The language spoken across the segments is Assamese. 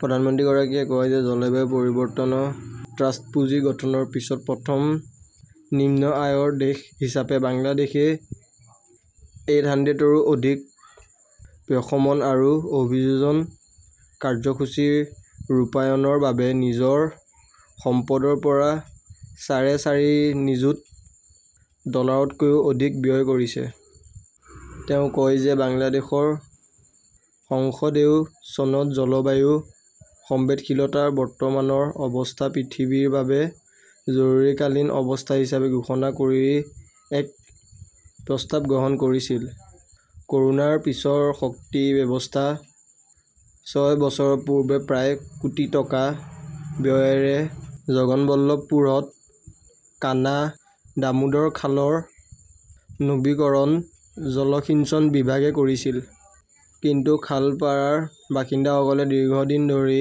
প্ৰধানমন্ত্ৰীগৰাকীয়ে কয় যে জলবায়ু পৰিৱৰ্তন ট্ৰাষ্ট পুঁজি গঠনৰ পিছত প্ৰথম নিম্ন আয়ৰ দেশ হিচাপে বাংলাদেশই এইট হানড্ৰেদৰো অধিক প্ৰশমন আৰু অভিযোজন কাৰ্যসূচী ৰূপায়ণৰ বাবে নিজৰ সম্পদৰ পৰা চাৰে চাৰি নিযুত ডলাৰতকৈও অধিক ব্যয় কৰিছে। তেওঁ কয় যে বাংলাদেশৰ সংসদেও চনত জলবায়ু সংবেদনশীলতাৰ বৰ্তমানৰ অৱস্থাক পৃথিৱীৰ বাবে 'জৰুৰীকালীন অৱস্থা হিচাপে ঘোষণা কৰি এক প্ৰস্তাৱ গ্ৰহণ কৰিছিল। ক'ৰোনাৰ পিছৰ শক্তি ব্যৱস্থা ছয় বছৰ পূৰ্বে প্ৰায় কোটি টকা ব্যয়েৰে জগৎবল্লভপুৰত কানা দামোদৰ খালৰ নৱীকৰণ জলসিঞ্চন বিভাগে কৰিছিল। কিন্তু খালপাড়াৰ বাসিন্দাসকলে দীৰ্ঘদিন ধৰি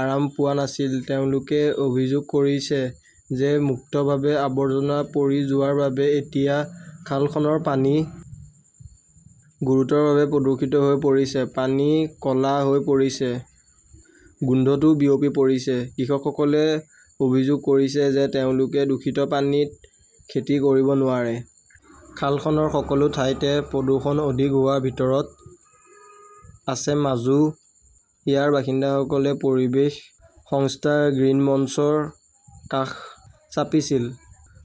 আৰাম পোৱা নাছিল। তেওঁলোকে অভিযোগ কৰিছে যে মুক্তভাৱে আৱৰ্জনা পৰি যোৱাৰ বাবে এতিয়া খালখনৰ পানী গুৰুতৰভাৱে দূষিত হৈ পৰিছে। পানী ক 'লা হৈ পৰিছে। গোন্ধটোও বিয়পি পৰিছে। কৃষকসকলে অভিযোগ কৰিছে যে তেওঁলোকে দূষিত পানীত খেতি কৰিব নোৱাৰে। খালখনৰ সকলো ঠাইতে প্ৰদূষণ অধিক হোৱাৰ ভিতৰত আছে মাজু। ইয়াৰ বাসিন্দাসকলে পৰিৱেশ সংস্থা 'গ্ৰীণ মঞ্চৰ কাষ চাপিছিল।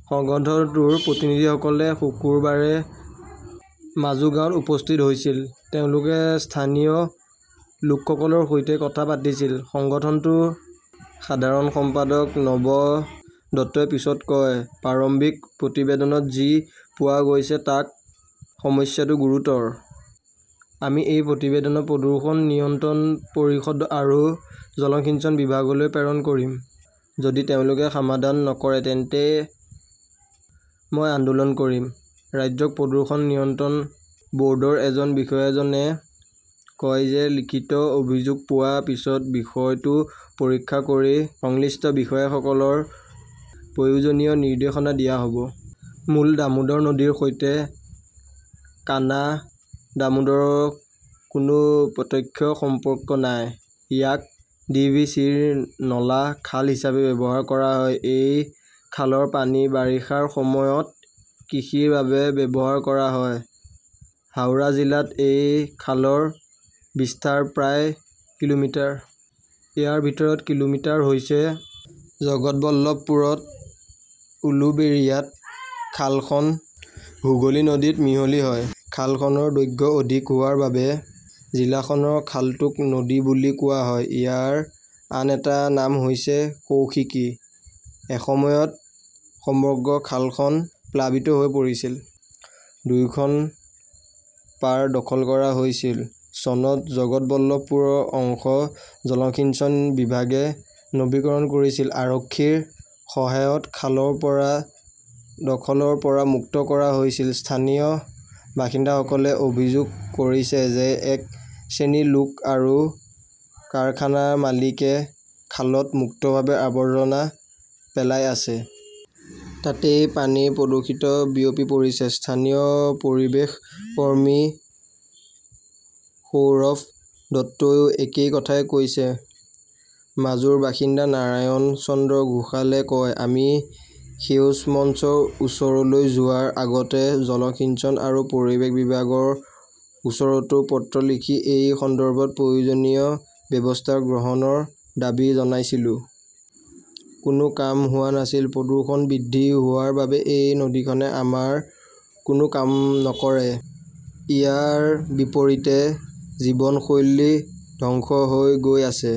সংগঠনটোৰ প্ৰতিনিধিসকলে শুকুৰবাৰে মাজু গাঁৱত উপস্থিত হৈছিল। তেওঁলোকে স্থানীয় লোকসকলৰ সৈতে কথা পাতিছিল। সংগঠনটোৰ সাধাৰণ সম্পাদক নব দত্তই পিছত কয়, প্ৰাৰম্ভিক প্ৰতিবেদনত যি পোৱা গৈছে তাত সমস্যাটো গুৰুতৰ। আমি এই প্ৰতিবেদন প্ৰদূষণ নিয়ন্ত্ৰণ পৰিষদ আৰু জলসিঞ্চন বিভাগলৈ প্ৰেৰণ কৰিম। যদি তেওঁলোকে সমাধান নকৰে তেন্তে মই আন্দোলন কৰিম। ৰাজ্যিক প্ৰদূষণ নিয়ন্ত্ৰণ বৰ্ডৰ এজন বিষয়াজনে কয় যে লিখিত অভিযোগ পোৱাৰ পিছত বিষয়টো পৰীক্ষা কৰি সংশ্লিষ্ট বিষয়াসকলক প্ৰয়োজনীয় নিৰ্দেশনা দিয়া হ'ব। মূল দামোদৰ নদীৰ সৈতে কানা দামোদৰৰ কোনো প্ৰত্যক্ষ সম্পৰ্ক নাই। ইয়াক ডি. ভি. চি. -ৰ নলা খাল হিচাপে ব্যৱহাৰ কৰা হয়। এই খালৰ পানী বাৰিষাৰ সময়ত কৃষিৰ বাবে ব্যৱহাৰ কৰা হয়। হাওৰা জিলাত এই খালৰ বিস্তাৰ প্ৰায় কিলোমিটাৰ। ইয়াৰ ভিতৰত কিলোমিটাৰ হৈছে জগতবল্লভপুৰত। উলুবেৰিয়াত খালখন হুগলী নদীত মিহলি হয়। খালখনৰ দৈৰ্ঘ্য অধিক হোৱাৰ বাবে জিলাখনৰ খালটোক নদী বুলি কোৱা হয়। ইয়াৰ আন এটা নাম হৈছে কৌশিকী। এসময়ত সমগ্ৰ খালখন প্লাবিত হৈ পৰিছিল। দুয়োখন পাৰ দখল কৰা হৈছিল। চনত জগৎবল্লভপুৰৰ অংশত জলসিঞ্চন বিভাগে নৱীকৰণ কৰিছিল। আৰক্ষীৰ সহায়ত খালৰ পাৰ দখলৰ পৰা মুক্ত কৰা হৈছিল। স্থানীয় বাসিন্দাসকলে অভিযোগ কৰিছে যে এক শ্ৰেণীৰ লোক আৰু কাৰখানা-মালিকে খালত মুক্তভাৱে আৱৰ্জনা পেলাই আছে। তাতেই পানীৰ প্ৰদূষণ বিয়পি পৰিছে। স্থানীয় পৰিৱেশ কৰ্মী সৌৰভ দত্তইও একেই কথা কৈছে। মাজুৰ বাসিন্দা নাৰায়ণ চন্দ্ৰ ঘোষালে কয়, আমি সেউজ মঞ্চৰ ওচৰলৈ যোৱাৰ আগতে জলসিঞ্চন আৰু পৰিৱেশ বিভাগৰ ওচৰতো পত্ৰ লিখি এই সন্দৰ্ভত প্ৰয়োজনীয় ব্যৱস্থা গ্ৰহণৰ দাবী জনাইছিলো। কোনো কাম হোৱা নাছিল। প্ৰদূষণ বৃদ্ধি হোৱাৰ বাবে এই নদীখনে আমাৰ কোনো কাম নকৰে। ইয়াৰ বিপৰীতে জীৱনশৈলী ধ্বংস হৈ গৈ আছে।